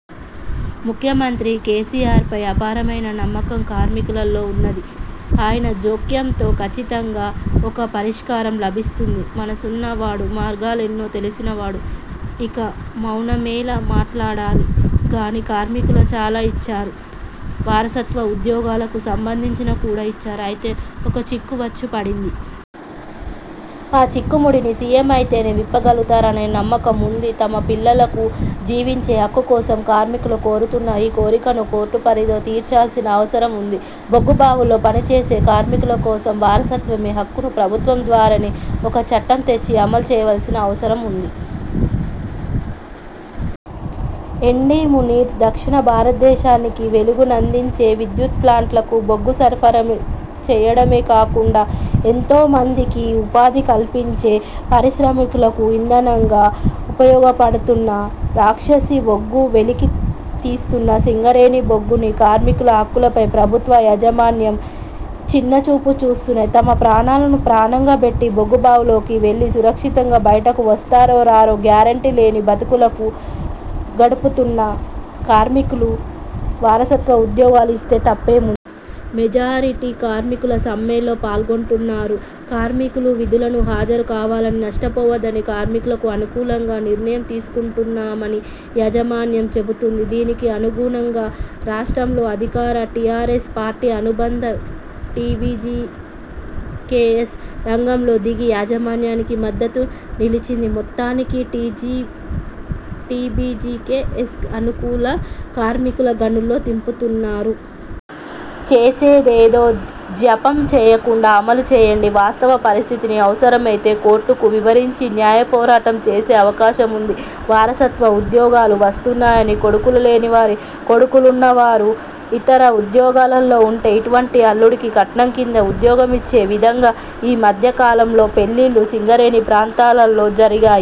ముఖ్యమంత్రి కేసీఆర్పై అపారమైన నమ్మకం కార్మికులలో ఉన్నది. ఆయన జోక్యంతో ఖచ్చితంగా ఒక పరిష్కారం లభిస్తుంది. మనసున్నవాడు మార్గాలెన్నో తెలిసిన వాడు, ఇంకా మౌనమేలా? మాట్లాడాలి. గని కార్మికులకు చాలా ఇచ్చారు. వారసత్వ ఉద్యోగాలకు సంబంధించి కూడా ఇచ్చారు. అయితే ఒక చిక్కు వచ్చి పడింది. ఆ చిక్కుముడిని సీఎం అయితేనే విప్పగలుగుతారనే నమ్మకం ఉంది. తమ పిల్లలకు జీవించే హక్కు కోసం కార్మికులు కోరుతున్న ఈ కోరికను కోర్టు పరిధిలో తీర్చాల్సిన అవసరం ఉంది. బొగ్గుబావుల్లో పనిచేసే కార్మికుల కోసం వారసత్వ హక్కును ప్రభుత్వం ద్వారానే ఒక చట్టం తెచ్చి అమలుచేయాల్సిన అవసరం ఉంది. ఎండీ. మునీర్ దక్షిణ భారతదేశానికి వెలుగునందించే విద్యుత్ ప్లాంట్లకు బొగ్గు సరఫరా చేయడమే కాకుండా, ఎంతో మందికి ఉపాధి కల్పించే పరిశ్రమలకు ఇంధనంగా ఉపయోగపడుతున్న రాక్షసి బొగ్గును వెలికితీస్తున్న సింగరేణి బొగ్గుగని కార్మికుల హక్కులపై ప్రభుత్వాలు, యాజమాన్యం చిన్నచూపు చూస్తున్నాయి. తమ ప్రాణాలను పణంగా పెట్టి బొగ్గుబావుల్లోకి వెళ్ళి సురక్షితంగా బయటకు వస్తారో రారో గ్యారంటీ లేని బతుకులు గడుపుతున్న కార్మికులకు వారసత్వ ఉద్యోగాలు ఇస్తే తప్పేముంది? మెజారిటీ కార్మికులు సమ్మెలో పాల్గొంటున్నారు. కార్మికులు విధులకు హాజరు కావాలని, నష్టపోవద్దని, కార్మికులకు అనుకూలమైన నిర్ణయం తీసుకుంటామని యాజ మాన్యం చెబుతోంది. దీనికి అనుగుణంగా రాష్ట్రంలో అధికార టీఆర్ఎస్ పార్టీ అనుబంధ టీబీజీకేఎస్ రంగంలోకి దిగి యాజమాన్యానికి మద్దతుగా నిలిచింది. మొత్తానికి టీబీజీకేఎస్కు అనుకూల కార్మికులను గనుల్లో దింపుతున్నారు. చేసేదేదో జాప్యం చేయకుండా అమలు చేయండి. వాస్తవ పరిస్థితిని అవసరమైతే కోర్టుకు వివరించి న్యాయపోరాటం చేసే అవకాశం ఉంది. వారసత్వ ఉద్యోగాలు వస్తున్నాయని కొడుకులు లేని వారు, కొడుకులున్నా వారు ఇతర ఉద్యోగాల్లో ఉంటే, ఇంటి అల్లుడికి కట్నం కింద ఉద్యోగమిచ్చే విధంగా ఈ మధ్యకాలంలో పెండ్లిళ్ళు సింగరేణి ప్రాంతంలో జరిగాయి.